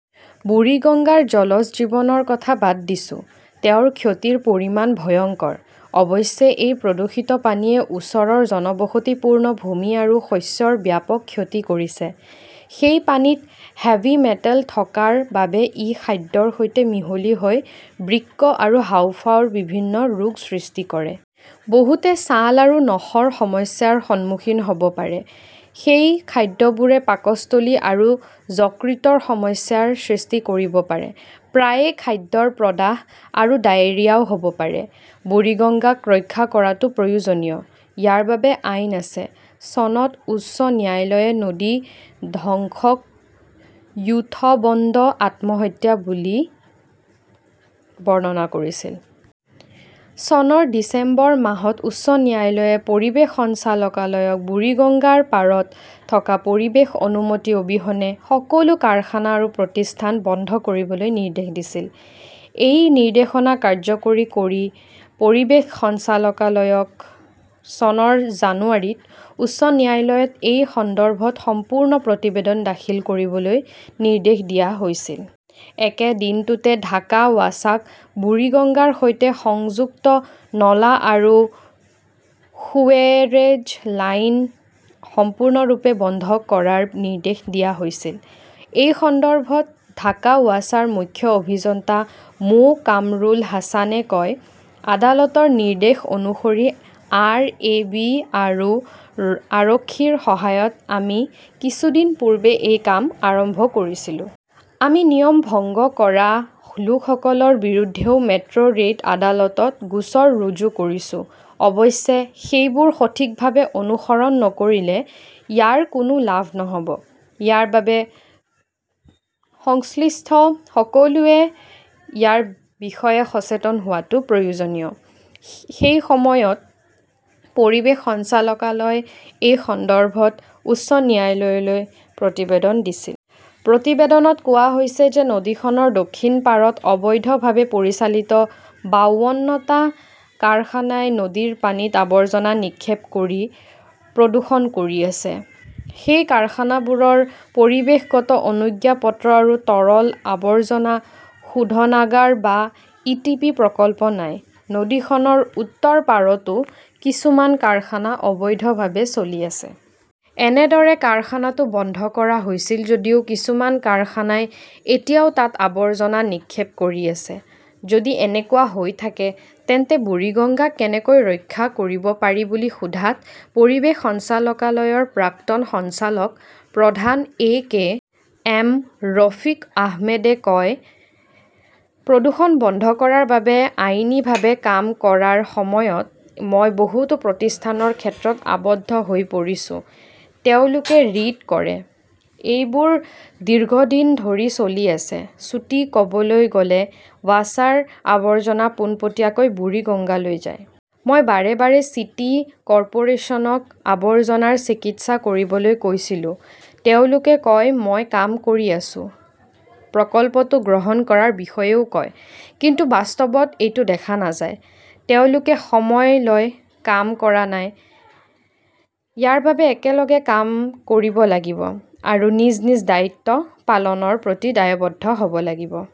বুৰিগঙ্গাৰ জলজ জীৱনৰ কথা বাদ দিছো। তেওঁৰ ক্ষতিৰ পৰিমাণ ভয়ংকৰ। অৱশ্যে, এই প্ৰদূষিত পানীয়ে ওচৰৰ জনবসতিপূৰ্ণ ভূমি আৰু শস্যৰ ব্যাপক ক্ষতি কৰিছে। সেই পানীত হেভি মেটাল থকাৰ বাবে ই খাদ্যৰ সৈতে মিহলি হৈ বৃক্ক আৰু হাঁওফাঁওৰ বিভিন্ন ৰোগ সৃষ্টি কৰে। বহুতে ছাল আৰু নখৰ সমস্যাৰ সন্মুখীন হ'ব পাৰে। সেই খাদ্যবোৰে পাকস্থলী আৰু যকৃতৰ সমস্যাৰ সৃষ্টি কৰিব পাৰে। প্ৰায়ে খাদ্যৰ প্ৰদাহ আৰু ডায়েৰিয়াও হ'ব পাৰে। বুৰিগংগাক ৰক্ষা কৰাটো প্ৰয়োজনীয়। ইয়াৰ বাবে আইন আছে। চনত উচ্চ ন্যায়ালয়ে নদী ধ্বংসক য়ুথবন্দ আত্মহত্যা বুলি বৰ্ণনা কৰিছিল। চনৰ ডিচেম্বৰ মাহত উচ্চ ন্যায়ালয়ে পৰিৱেশ সঞ্চালকালয়ক বুৰিগঙ্গাৰ পাৰত থকা পৰিৱেশ অনুমতি অবিহনে সকলো কাৰখানা আৰু প্ৰতিষ্ঠান বন্ধ কৰিবলৈ নিৰ্দেশ দিছিল। এই নিৰ্দেশনা কাৰ্যকৰী কৰি পৰিৱেশ সঞ্চালকালয়ক চনৰ জানুৱাৰীত উচ্চ ন্যায়ালয়ত এই সন্দৰ্ভত সম্পূৰ্ণ প্ৰতিবেদন দাখিল কৰিবলৈ নিৰ্দেশ দিয়া হৈছিল। একে দিনটোতে ঢাকা ৱাছাক বুৰিগঙ্গাৰ সৈতে সংযুক্ত নলা আৰু সুৱেৰেজ লাইন সম্পূৰ্ণৰূপে বন্ধ কৰাৰ নিৰ্দেশ দিয়া হৈছিল। এই সন্দৰ্ভত ঢাকা ৱাছাৰ মুখ্য অভিযন্তা মো. কামৰুল হাছানে কয়, আদালতৰ নিৰ্দেশ অনুসৰি আৰএবি আৰু আৰক্ষীৰ সহায়ত আমি কিছুদিন পূৰ্বে এই কাম আৰম্ভ কৰিছিলো। আমি নিয়ম ভংগ কৰা লোকসকলৰ বিৰুদ্ধেও মেট্ৰ'ৰেট আদালতত গোচৰ ৰুজু কৰিছো। অৱশ্যে, সেইবোৰ সঠিকভাৱে অনুসৰণ নকৰিলে ইয়াৰ কোনো লাভ নহ'ব। ইয়াৰ বাবে সংশ্লিষ্ট সকলোৱে ইয়াৰ বিষয়ে সচেতন হোৱাটো প্ৰয়োজনীয়। সেই সময়ত পৰিৱেশ সঞ্চালকালয়ই এই সন্দৰ্ভত উচ্চ ন্যায়ালয়লৈ প্ৰতিবেদন দিছিল। প্ৰতিবেদনত কোৱা হৈছে যে নদীখনৰ দক্ষিণ পাৰত অবৈধভাৱে পৰিচালিত বাৱন্ন টা কাৰখানাই নদীৰ পানীত আৱৰ্জনা নিক্ষেপ কৰি প্ৰদূষণ কৰি আছে। সেই কাৰখানাবোৰৰ পৰিৱেশগত অনুজ্ঞাপত্ৰ আৰু তৰল আৱৰ্জনা শোধনাগাৰ বা ইটিপি প্ৰকল্প নাই। নদীখনৰ উত্তৰ পাৰতো কিছুমান কাৰখানা অবৈধভাৱে চলি আছে। এনেদৰে কাৰখানাটো বন্ধ কৰা হৈছিল যদিও কিছুমান কাৰখানাই এতিয়াও তাত আৱৰ্জনা নিক্ষেপ কৰি আছে। যদি এনেকুৱা হৈ থাকে তেন্তে বুৰিগংগাক কেনেকৈ ৰক্ষা কৰিব পাৰি বুলি সোধাত পৰিৱেশ সঞ্চালকালয়ৰ প্ৰাক্তন সঞ্চালক প্ৰধান এ. কে. এম. ৰফিক আহমেদে কয়, প্ৰদূষণ বন্ধ কৰাৰ বাবে আইনীভাৱে কাম কৰাৰ সময়ত মই বহুতো প্ৰতিষ্ঠানৰ ক্ষেত্ৰত আবদ্ধ হৈ পৰিছো। তেওঁলোকে ৰিট কৰে। এইবোৰ দীৰ্ঘদিন ধৰি চলি আছে। চুটি ক'বলৈ গ'লে ৱাছাৰ আৱৰ্জনা পোনপটীয়াকৈ বুৰিগঙ্গালৈ যায়। মই বাৰে বাৰে চিটি কৰ্পোৰেচনক আৱৰ্জনাৰ চিকিৎসা কৰিবলৈ কৈছিলো। তেওঁলোকে কয় মই কাম কৰি আছো। প্ৰকল্পটো গ্ৰহণ কৰাৰ বিষয়েও কয়। কিন্তু বাস্তৱত এইটো দেখা নাযায়। তেওঁলোকে সময় লয়, কাম কৰা নাই। ইয়াৰ বাবে একেলগে কাম কৰিব লাগিব আৰু নিজ নিজ দায়িত্ব পালনৰ প্ৰতি দায়বদ্ধ হ'ব লাগিব।